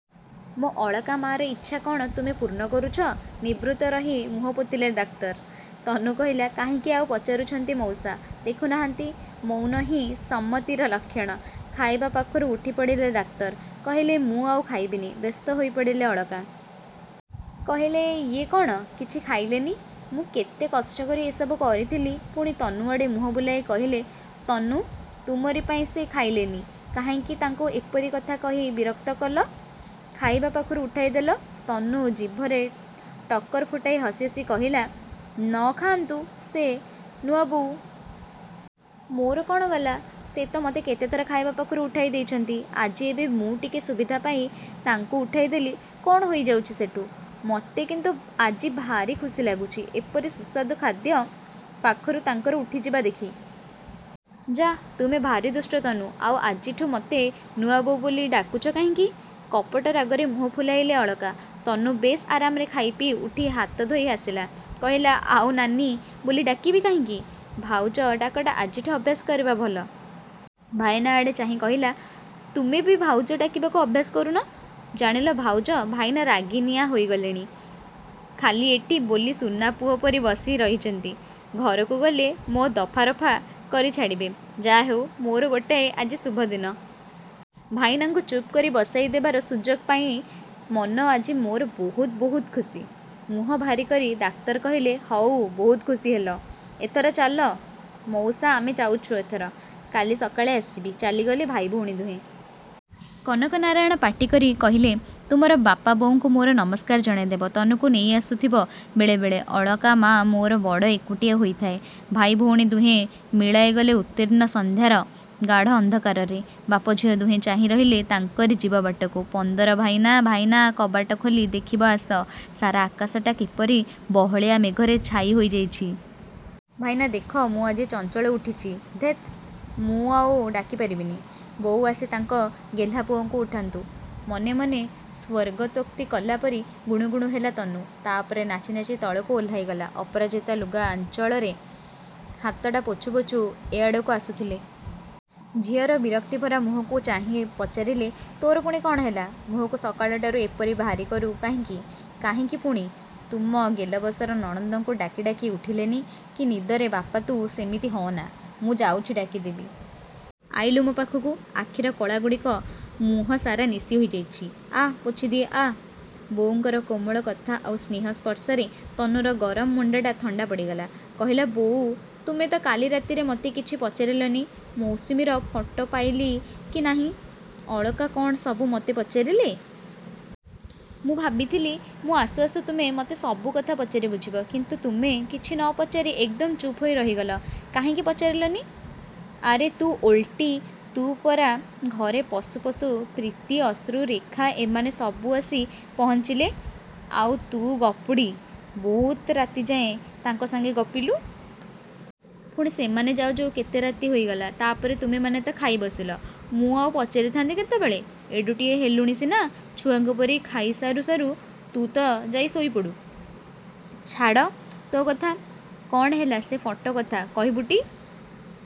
ମୋ ଅଳକା ମାର ଇଚ୍ଛା କ'ଣ ତୁମେ ପୂର୍ଣ୍ଣ କରୁଛ? ନିବୃତ୍ତ ରହି ମୁହଁପୋତିଲେ ଡାକ୍ତର। ତନୁ କହିଲା, କାହିଁକି ଆଉ ପଚାରୁଛନ୍ତି ମଉସା! ଦେଖୁନାହାନ୍ତି ମୌନହିଁ ସମ୍ମତିର ଲକ୍ଷଣ। ଖାଇବା ପାଖରୁ ଉଠିପଡ଼ିଲେ ଡାକ୍ତର। କହିଲେ, ମୁଁ ଆଉ ଖାଇବିନି। ବ୍ୟସ୍ତ ହୋଇପଡ଼ିଲେ ଅଳକା। କହିଲେ, ଇଏ କ'ଣ! କିଛି ଖାଇଲେନି? ମୁଁ କେତେ କଷ୍ଟକରି ଏ ସବୁ କରିଥିଲି। ପୁଣି ତନୁଆଡ଼େ ମୁହଁବୁଲାଇ କହିଲେ, ତନୁ, ତୁମରି ପାଇଁ ସେ ଖାଇଲେନି। କାହିଁକି ତାଙ୍କୁ ଏପରି କଥା କହି ବିରକ୍ତ କଲ, ଖାଇବା ପାଖରୁ ଉଠାଇଦେଲ? ତନୁ ଜିଭରେ ଟକର ଫୁଟାଇ ହସି ହସି କହିଲା, ନ ଖାଆନ୍ତୁ ସେ, ନୂଆବୋଉ। ମୋର କ'ଣ ଗଲା! ସେ ତ ମୋତେ କେତେଥର ଖାଇବା ପାଖରୁ ଉଠାଇଦେଇଛନ୍ତି। ଆଜି ଏବେ ମୁଁ ଟିକେ ସୁବିଧା ପାଇ ତାଙ୍କୁ ଉଠାଇଦେଲି, କ'ଣ ହୋଇଯାଉଛି ସେଠୁ? ମୋତେ କିନ୍ତୁ ଆଜି ଭାରି ଖୁସି ଲାଗୁଛି ଏପରି ସୁସ୍ୱାଦୁ ଖାଦ୍ୟ ପାଖରୁ ତାଙ୍କର ଉଠିଯିବା ଦେଖି। ଯାଃ, ତୁମେ ଭାରି ଦୁଷ୍ଟ, ତନୁ। ଆଉ ଆଜିଠୁ ମୋତେ ନୂଆବୋଉ ବୋଲି ଡାକୁଛ କାହିଁକି? କପଟ ରାଗରେ ମୁହଁ ଫୁଲାଇଲେ ଅଳକା। ତନୁ ବେଶ୍ ଆରାମରେ ଖାଇପିଇ ଉଠି ହାତଧୋଇ ଆସିଲା। କହିଲା, ଆଉ ନାନୀ ବୋଲି ଡାକିବି କାହିଁକି? ଭାଉଜ ଡାକଟା ଆଜିଠୁ ଅଭ୍ୟାସ କରିବା ଭଲ। ଭାଇନା ଆଡ଼େ ଚାହିଁ କହିଲା, ତୁମେ ବି ଭାଉଜ ଡାକିବାକୁ ଅଭ୍ୟାସ କରୁନ। ଜାଣିଲ ଭାଉଜ, ଭାଇନା ରାଗି ନିଆଁ ହୋଇଗଲେଣି। ଖାଲି ଏଠି ବୋଲି ସୁନାପୁଅ ପରି ବସି ରହିଛନ୍ତି। ଘରକୁ ଗଲେ ମୋ ଦଫା ରଫା କରି ଛାଡ଼ିବେ। ଯାହାହେଉ, ମୋର ଗୋଟାଏ ଆଜି ଶୁଭଦିନ। ଭାଇନାଙ୍କୁ ଚୁପ୍ କରି ବସାଇ ଦେବାର ସୁଯୋଗ ପାଇ ମନ ଆଜି ମୋର ବହୁତ ବହୁତ ଖୁସି। ମୁହଁ ଭାରିକରି ଡାକ୍ତର କହିଲେ, ହଉ, ବହୁତ ଖୁସି ହେଲ। ଏଥର ଚାଲ। ମଉସା, ଆମେ ଯାଉଛୁ ଏଥର। କାଲି ସକାଳେ ଆସିବି। ଚାଲିଗଲେ ଭାଇ-ଭଉଣୀ ଦୁହେଁ। କନକନାରାୟଣ ପାଟି କରି କହିଲେ, ତୁମର ବାପା-ବୋଉଙ୍କୁ ମୋର ନମସ୍କାର ଜଣାଇଦେବ। ତନୁକୁ ନେଇଆସୁଥିବ ବେଳେ ବେଳେ। ଅଳକା ମାଆ ମୋର ବଡ଼ ଏକୁଟିଆ ହୋଇଥାଏ। ଭାଇ-ଭଉଣୀ ଦୁହେଁ ମିଳାଇଗଲେ ଉତ୍ତୀର୍ଣ୍ଣ ସନ୍ଧ୍ୟାର ଗାଢ଼ ଅନ୍ଧକାରରେ। ବାପ-ଝିଅ ଦୁହେଁ ଚାହିଁରହିଲେ ତାଙ୍କରି ଯିବାବାଟକୁ। ପନ୍ଦର ଭାଇନା, ଭାଇନା, କବାଟ ଖୋଲି ଦେଖିବ ଆସ, ସାରା ଆକାଶଟା କିପରି ବହଳିଆ ମେଘରେ ଛାଇ ହୋଇଯାଇଛି। ଭାଇନା, ଦେଖ, ମୁଁ ଆଜି ଚଞ୍ଚଳ ଉଠିଛି। ଧେତ୍, ମୁଁ ଆଉ ଡାକି ପାରିବିନି। ବୋଉ ଆସି ତାଙ୍କ ଗେହ୍ଲା ପୁଅକୁ ଉଠାନ୍ତୁ। ମନେ ମନେ ସ୍ୱର୍ଗତୋକ୍ତି କଲା ପରି ଗୁଣୁ ଗୁଣୁ ହେଲା ତନୁ। ତାପରେ ନାଚି ନାଚି ତଳକୁ ଓହ୍ଲାଇଗଲା। ଅପରାଜିତା ଲୁଗା ଆଞ୍ଚଳରେ ହାତଟା ପୋଛୁ ପୋଛୁ ଏଆଡ଼କୁ ଆସୁଥିଲେ। ଝିଅର ବିରକ୍ତି ଭରା ମୁହଁକୁ ଚାହିଁ ପଚାରିଲେ, ତୋର ପୁଣି କ'ଣ ହେଲା? ମୁହଁକୁ ସକାଳୁଟାରୁ ଏପରି ଭାରି କରୁ କାହିଁକି ?କାହିଁକି ପୁଣି! ତୁମ ଗେଲବସର ନନ୍ଦନଙ୍କୁ ଡାକି ଡାକି ଉଠିଲେନି। କି ନିଦରେ ବାପା ତୁ ସେମିତି ହଅନା, ମୁଁ ଯାଉଛି ଡାକିଦେବି। ଆଇଲୁ ମୋ ପାଖକୁ। ଆଖିର କଳାଗୁଡ଼ିକ ମୁହଁ ସାରା ନେସି ହୋଇଯାଇଛି। ଆ, ପୋଛିଦିଏ, ଆ। ବୋଉଙ୍କର କୋମଳ କଥା ଆଉ ସ୍ନେହ ସ୍ପର୍ଶରେ ତନୁର ଗରମ ମୁଣ୍ଡଟା ଥଣ୍ଡା ପଡ଼ିଗଲା। କହିଲା, ବୋଉ, ତୁମେ ତ କାଲି ରାତିରେ ମୋତେ କିଛି ପଚାରିଲନି? ମୌସୁମୀର ଫଟୋ ପାଇଲି କି ନାହିଁ, ଅଳକା କ'ଣ ସବୁ ମୋତେ ପଚାରିଲେ? ମୁଁ ଭାବିଥିଲି ମୁଁ ଆସୁ ଆସୁ ତୁମେ ମୋତେ ସବୁ କଥା ପଚାରି ବୁଝିବ। କିନ୍ତୁ ତୁମେ କିଛି ନ ପଚାରି ଏକଦମ ଚୁପ୍ ହୋଇ ରହିଗଲ। କାହିଁକି ପଚାରିଲନି? ଆରେ ତୁ ଓଲଟି, ତୁ ପରା ଘରେ ପଶୁ ପଶୁ ପ୍ରୀତି, ଅଶ୍ରୁ, ରେଖା ଏମାନେ ସବୁ ଆସି ପହଞ୍ଚିଲେ, ଆଉ ତୁ ଗପୁଡ଼ି ବହୁତ ରାତି ଯାଏଁ ତାଙ୍କ ସାଙ୍ଗେ ଗପିଲୁ। ପୁଣି ସେମାନେ ଯାଉ ଯାଉ କେତେ ରାତି ହୋଇଗଲା। ତାପରେ ତୁମେମାନେ ତ ଖାଇବସିଲ। ମୁଁ ଆଉ ପଚାରିଥାନ୍ତି କେତେବେଳେ? ଏଡ଼ୁଟିଏ ହେଲୁଣି ସିନା, ଛୁଆଙ୍କ ପରି ଖାଇ ସାରୁ ସାରୁ ତୁ ତ ଯାଇ ଶୋଇପଡ଼ୁ। ଛାଡ଼ ତୋ କଥା, କ'ଣ ହେଲା ସେ ଫଟୋ କଥା, କହିବୁଟି?